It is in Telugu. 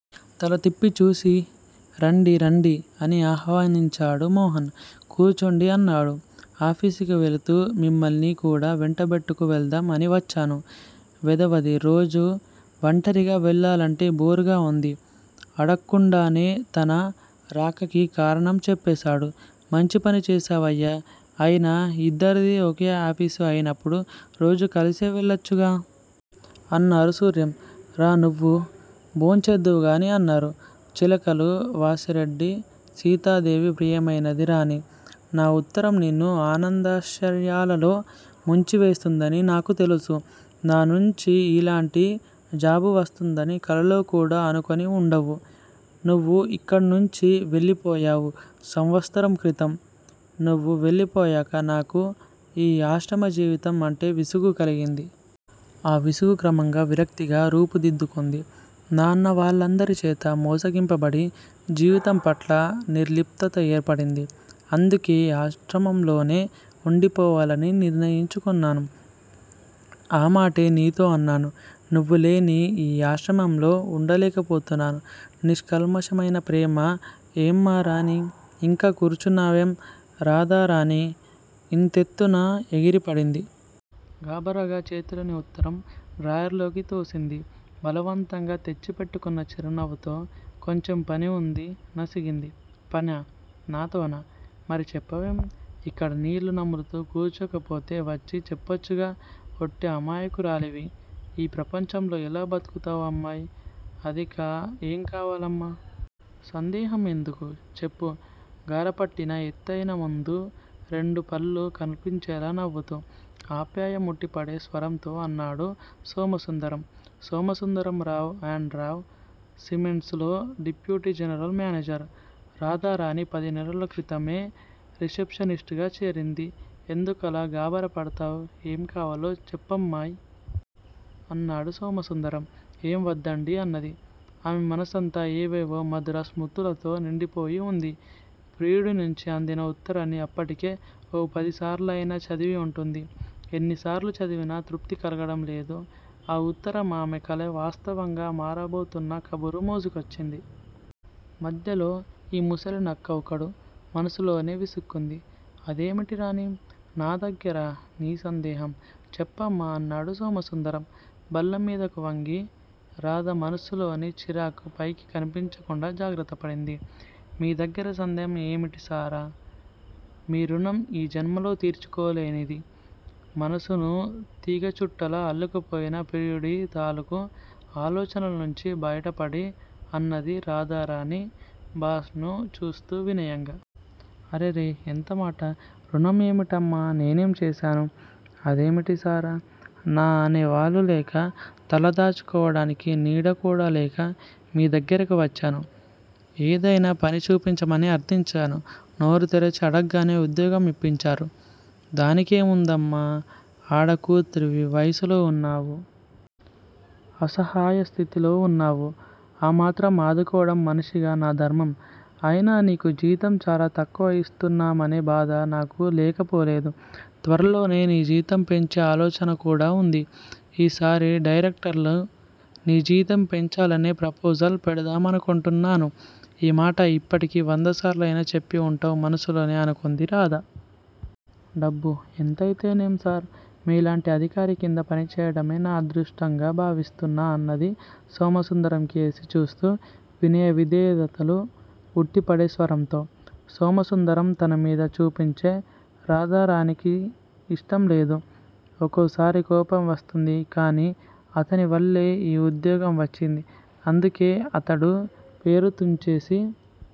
తలతిప్పి చూసి రండి రండి! అని ఆహ్వనించాడు మోహన్. కూర్చోండి అన్నాడు. ఆఫీసుకి వెళ్ళుతూ మిమ్మల్ని కూడా వెంటబెట్టుకు వెళ్దాం అని వచ్చాను వెధవది రోజూ వంటరిగా వెళ్ళాలంటే బోర్ గా వుంది! అడక్కుండానే తన రాకకి కారణం చెప్పేసాడు. మంచి పని చేశావయ్యా అయినా యిద్దరిదీ ఒకే ఆఫీసు అయినప్పుడు రోజూ కలిసే వెళ్ళొచ్చుగా! అన్నారు సూర్యం. రా నువ్వూ భోం చేద్దువుగాని అన్నారు. చిలకలు -వాసిరెడ్డి సీతాదేవి ప్రియమైనది రాణీ! నా ఉత్తరం నిన్ను ఆనందాశ్చార్యాలలో ముంచివేస్తుందని నాకు తెలుసు. నానుంచి ఇలాంటి జాబు వస్తుందని కలలో కూడా అనుకొని ఉండవు. నువ్వు ఇక్కడ్నుంచి వెళ్ళిపోయావు సంవత్సరం క్రితం. నువ్వు వెళ్ళిపోయాక నాకు ఈ ఆశ్రమ జీవితం అంటే విసుగు కలిగింది. ఆ విసుగు క్రమంగా విరక్తిగా రూపుదిద్దుకుంది. నా అన్నవాళ్ళందరి చేతా మోసగించబడి, జీవితం పట్ల నిర్లిప్తత ఏర్పడింది. అందుకే ఆశ్రమంలోనే ఉండిపోవాలని నిర్ణయించుకొన్నాను. ఆ మాటే నీతో అన్నాను. నువ్వులేని ఈ ఆశ్రమంలో ఉండలేకపోతున్నాను. నిష్కల్మషమైన ప్రేమ ఏమ్మారాణీ! ఇంకా కూర్చున్నావేం? రాధారాణి ఇంతెత్తున ఎగిరిపడింది. గాభరాగా చేతిలోని ఉత్తరం డ్రాయర్ లోకి తోసింది. బలవంతంగా తెచ్చిపెట్టుకొన్న చిరునవ్వుతో కొంచెం పని ఉండీ? నసిగింది. పనా? నాతోనేనా? మరి చప్పవేం? ఇక్కడ నీళ్ళు నములుతూ కూర్చోకపోతే వచ్చి చెప్పొచ్చుగా? ఒట్టి అమాయకురాలివి. ఈ ప్రపంచంలో ఎలా బతుకుతావ్ అమ్మాయ్? అదికా ఏం కావాలమ్మా! సందేహం ఎందుకు? చెప్పు? గారపట్టిన ఎత్తయిన ముందు రెండు పళ్ళూ కన్పించేలా నవ్వుతూ, ఆప్యాయం ఉట్టిపడే స్వరంతో అన్నాడు సోమసుందరం. సోమసుందరం రావ్ అండ్ రావ్ సిమెంట్సు లో డిప్యూటీ జనరల్ మేనేజర్. రాధారాణి పదినెలల క్రితమే రిసెప్షనిస్టుగా చేరింది. ఎందుకలా గాభరా పడ్తావ్? ఏం కావాలో చెప్పమ్మాయ్? అన్నాడు సోమసుందరం. ఏం వద్దండీ! అన్నది. ఆమె మనసంతా ఏవేవో మధుర స్మృతులతో నిండిపోయి ఉంది. ప్రియుడి నుంచి అందిన ఉత్తరాన్ని అప్పటికే ఓ పదిసార్లయినా చదివి ఉంటుంది. ఎన్నిసార్లు చదివినా తృప్తి కలుగడంలేదు. ఆ ఉత్తరం ఆమె కల వాస్తవంగా మారబోతున్న కబురు మోసుకొచ్చింది. మధ్యలో ఈ ముసలినక్క ఒకడు మనసులోనే విసుక్కుంది. అదేమిటి రాణీ! నాదగ్గిరా నీసందేహం? చెప్పమ్మా అన్నాడు సోమసుందరం బల్లమీదకు వంగి. రాధ మనసులోని చిరాకు పైకి కన్పించకుండా జాగ్రత్తపడింది. మీ దగ్గర సందేహం ఏమిటి సార! మీ రుణం ఈ జన్మలో తీర్చుకోలేనిది. మనసును తీగ చుట్టలా అల్లుకుపోయిన ప్రియుడు తాలుకు ఆలోచనల నుంచి బయటపడి అన్నది రాధారాణి బాస్ ను చూస్తూ వినయంగా. అరెరె! ఎంతమాట! రుణం ఏమిటమ్మా! నేనేంచేశాను.? అదేమిటి సార! నా అనే వాళ్ళు లేక, తల దాచుకోవడానికి నీడ కూడా లేక మీ దగ్గరకు వచ్చాను. ఏదైనా పని చూపించమని ఆర్థంచాను నోరు తెరిచి అడగ్గానే ఉద్యోగం ఇప్పించారు. దాని కేముందమ్మా! ఆడ కూతురివి, వయసులో ఉన్నావు. అసహయస్థితిలో వున్నావు. ఆ మాత్రం అదుకోవడం మనిషిగా నా ధర్మం. అయినా నీకు జీతం చాలా తక్కువ ఇస్తున్నామనే బాధ నాకు లేకపోలేదు. త్వరలోనే నీ జీతం పెంచే ఆలోచన కూడా ఉంది. ఈ సారి డైరక్టర్ల నీ జీతం పెంచాలనే ప్రోపోజల్ పెడదామనుకొంటున్నాను ఈ మాట ఇప్పటికి వందసార్లయినా చెప్పి ఉంటావ్ మనసులోనే అనుకుంది రాధ. డబ్బు ఎంతైతేనేం సార్? మీలాంటి అధికారి కింద పని చెయ్యడమే నా అదృష్టంగా భావిస్తున్నా అన్నది సోమసుందరం కేసి చూస్తూ వినయ విధేయతలు ఉట్టిపడే స్వరంతో. సోమసుందరం తనమీద చూపించే రాధారాణికి ఇష్టం లేదు. ఒకోసారి కోపం కూడా వస్తుంది. కాని అతని వల్లే ఈ ఉదోగ్యం వచ్చింది. అందుకే అతడు పేరు తుంచేసి